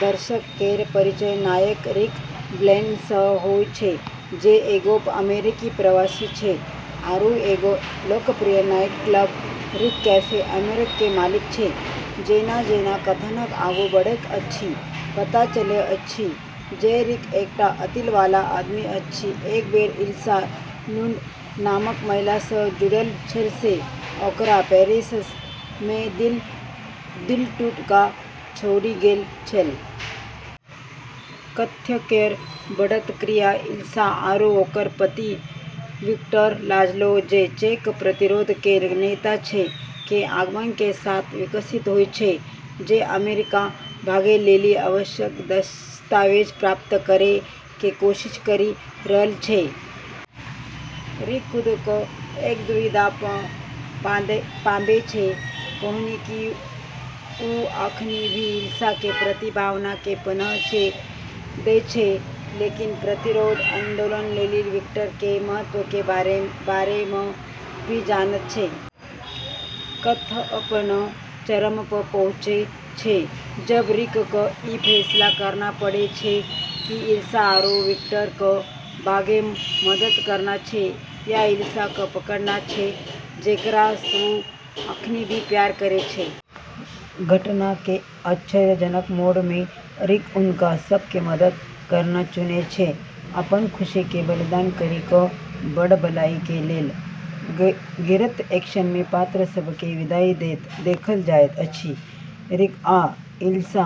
दर्शक केरऽ परिचय नायक रिक ब्लेन सऽ होय छै, जे एगो अमेरिकी प्रवासी छै आरू एगो लोकप्रिय night club, Rick cafe American के मालिक छै। जेना-जेना कथानक आगू बढ़ैत अछि, पता चलैत अछि जे रिक एकटा अतीत वाला आदमी अछि, एक बेर इल्सा लुंड नामक महिला सं जुड़ल छल, जे ओकरा पेरिस मे दिल टूटि कऽ छोड़ि गेल छल । कथ्य केरऽ बढ़तऽ क्रिया इल्सा आरू ओकरऽ पति विक्टर लाजलो, जे चेक प्रतिरोध केरऽ नेता छै, के आगमन के साथ विकसित होय छै, जे अमेरिका भागै लेली आवश्यक दस्तावेज प्राप्त करै के कोशिश करी रहलऽ छै। रिक खुद कऽ एक दुविधा मऽ पाबै छै, कैन्हेंकि वू अखनी भी इल्सा के प्रति भावना के पनाह दै छै, लेकिन प्रतिरोध आन्दोलन लेली विक्टर के महत्व के बारे मऽ भी जानत छै। कथ्य अपनऽ चरम पर पहुँचै छै जबऽ रिक कऽ ई फैसला करना पड़ै छै कि इल्सा आरू विक्टर कऽ भागै मऽ मदद करना छै, या इल्सा कऽ पकड़ना छै, जेकरा सऽ वू अखनी भी प्यार करै छै। घटना के आश्चर्यजनक मोड़ में रिक हुनका सब के मदद करना चुनै छै, अपनऽ खुशी के बलिदान करी कऽ बड़ऽ भलाई के लेलऽ। गिरैत एक्शन में पात्र सब के विदाई दैत देखल जाइत अछि, रिक आ इल्सा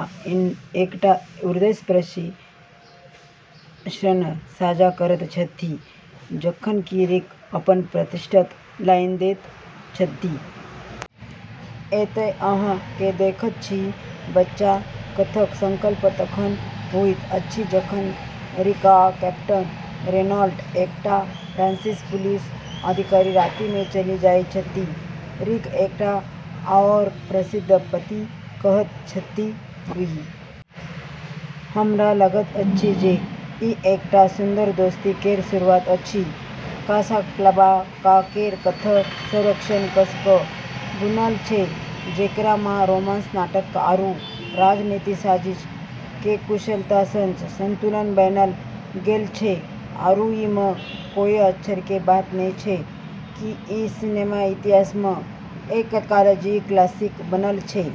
एकटा हृदयस्पर्शी क्षण साझा करैत छथि, जखन कि रिक अपन प्रतिष्ठित लाइन दैत छथि । एतय अहाँ के देखैत छी, बच्चा। कथ्यक संकल्प तखन होइत अछि जखन रिक आ कैप्टन रेनॉल्ट, एकटा फ्रांसीसी पुलिस अधिकारी, राति मे चलि जाइत छथि, रिक एकटा आओर प्रसिद्ध पाँति कहैत छथि ।लुई, हमरा लगैत अछि जे ई एकटा सुन्दर दोस्ती केर शुरुआत अछि। कासाब्लांका केरऽ कथ्य संरचना कस कऽ बुनलऽ छै, जेकरा मऽ रोमांस, नाटक आरू राजनीतिक साजिश के कुशलता सऽ संतुलन बनैलऽ गेलऽ छै, आरू ई मऽ कोय आश्चर्य के बात नै छै कि ई सिनेमा के इतिहास मऽ एक कालजयी क्लासिक बनलऽ छै।